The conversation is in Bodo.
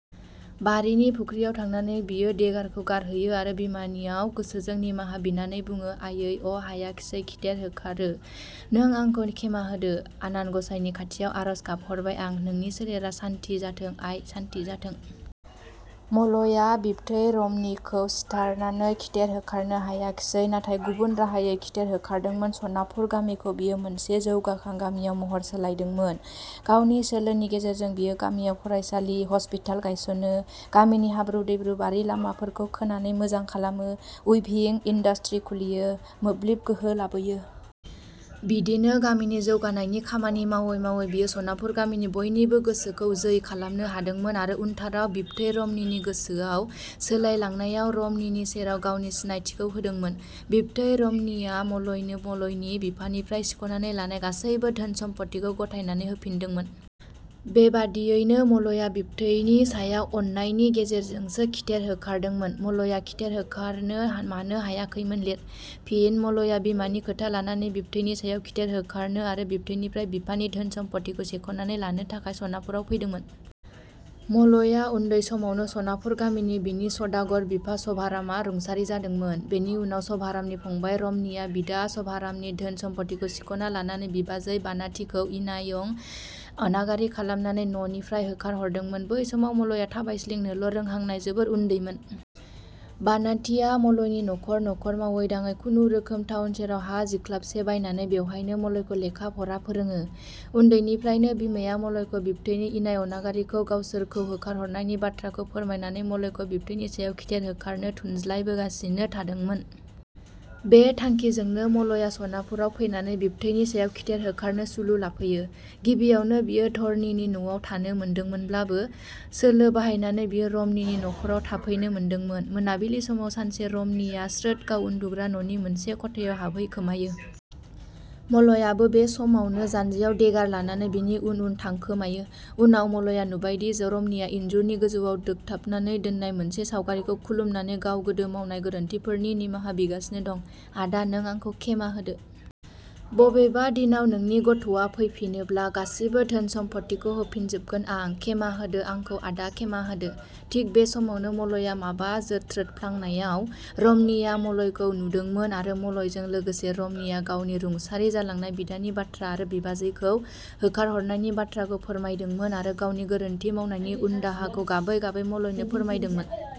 बारिनि फुख्रियाव थांनानै बियो देगारखौ गारहैयो आरो बिमानियाव गोसोजों निमाहा बिनानै बुङो "आइयै अ हायाखिसे खिथेर होखारो। नों आंखौ क्षेमा होदो। आनान गसाइनि खाथियाव आरज गाबहरबाय आं नोंनि सोलेरा सान्थि जाथों। आइ सान्थि जाथों। " मलया बिबथै रमनिखौ सिथारनानै खिथेर होखारनो हायाखैसै, नाथाय गुबुन राहायै खिथेर होखारदोंमोन। सनापुर गामिखौ बियो मोनसे जौगाखां गामियाव महर सोलायदोंमोन, गावनि सोलोनि गेजेरजों बियो गामियाव फरायसालि, हस्पिताल गायसनो, गामिनि हाब्रु दैब्रु बारि लामाफोरखौ खोनानै मोजां खालामो, उइभिं इन्दास्ट्रि खुलियो, मोब्लिब गोहो लाबोयो। बिदिनो गामिनि जौगानायनि खामानि मावै मावै बियो सनापुर गामिनि बयनिबो गोसोखौ जै खालामनो हादोंमोन आरो उनथाराव बिबथै रमनिनि गोसोआ सोलायलांनायाव रमनिनि सेराव गावनि सिनायथिखौ होदोंमोन। बिबथै रमनिया मलयनो मलयनि बिफानिफ्राय सिखनानै लानाय गासैबो धोन सम्फथिखौ गथायनानै होफिनदोंमोन। बेबादियैनो मलया बिबथैनि सायाव अननायनि गेजेरजोंसो खिथेर होखारदोंमोन। मलया खिथेर होखारनो मानो हायाखैमोन लिर। फिनः मलया बिमानि खोथा लानानै बिबथैनि सायाव खिथेर होखारनो आरो बिबथैनिफ्राय बिफानि धोन सम्फथिखौ सेखनानै लानो थाखाय सनापुराव फैदोंमोन। मलया उन्दै समावनो सनापुर गामिनि बिनि सदागर बिफा सभारामा रुंसारि जादोंमोन। बेनि उनाव सभारामनि फंबाइ रमनिया बिदा सभारामनि धोन सम्फथिखौ सिखना लानानै बिबाजै बानाथिखौ इनायं अनागारि खालामनानै न 'निफ्राय होखारहरदोंमोन। बै समाव मलया थाबायस्लिंनोल' रोहांनाय जोबोर उन्दैमोन। बानाथिया मालायनि नखर नखर मावै दाङै खुनु रोखोम थाउन सेराव हा जिखलाबसे बायनानै बेवहायनो मलयखौ लेखा फरा फोरोङो। उन्दैनिफ्रायनो बिमाया मलयखौ बिबथैनि इनाय अनागारियै गावसोरखौ होखारहरनायनि बाथ्राखौ फोरमायनानै मलयखौ बिबथैनि सायाव खिथेर होखारनो थुनज्लायबोगासिनो थादोंमोन। बे थांखिजोंनो मलया सनापुराव फैनानै बिबथैनि सायाव खिथेर होखारनो सुलु लाफैयो। गिबियावनो बियो धरनिनि न 'आव थानो मोनदोंमोनब्लाबो सोलो बाहायनानै बियो रमनिनि नखराव थाफैनो मोनदोंमोन। मोनाबिलि समाव सानसे रमनिया स्रोद गाव उन्दुग्रा न 'नि मोनसे खथायाव हाबहैखोमायो। मलयाबो बे समावनो जानजियाव देगार लानानै बिनि उन उन थांखोमायो। उनाव मलया नुबायदि रमनिया इन्जुरनि गोजौवाव दोगथाबनानै दोननाय मोनसे सावगारिखौ खुलुमनानै गाव गोदो मावनाय गोरोन्थिफोरनि निमाहा बिगासिनो दं, "आदा नों आंखौ क्षेमा होदो। बबेबा दिनाव नोंनि गथ'आ फैफिनोब्ला गासिबो धोन सम्फथिखौ होफिनजोबगोन आं। क्षेमा होदो आंखौ आदा क्षेमा होदो। " थिक बि समावनो मलया माबा जोथ्रोदफ्लांनायाव रमनिया मलयखौ नुदोंमोन आरो मलयजों लोगोसे रमनिया गावनि रुंसारि जालांनाय बिदानि बाथ्रा आरो बिबाजैखौ 'होखारहरनायनि बाथ्राखौ फोरमायदोंमोन आरो गावनि गोरोन्थि मावनायनि उनदाहाखौ गाबै गाबै मलयनो फोरमायदोंमोन।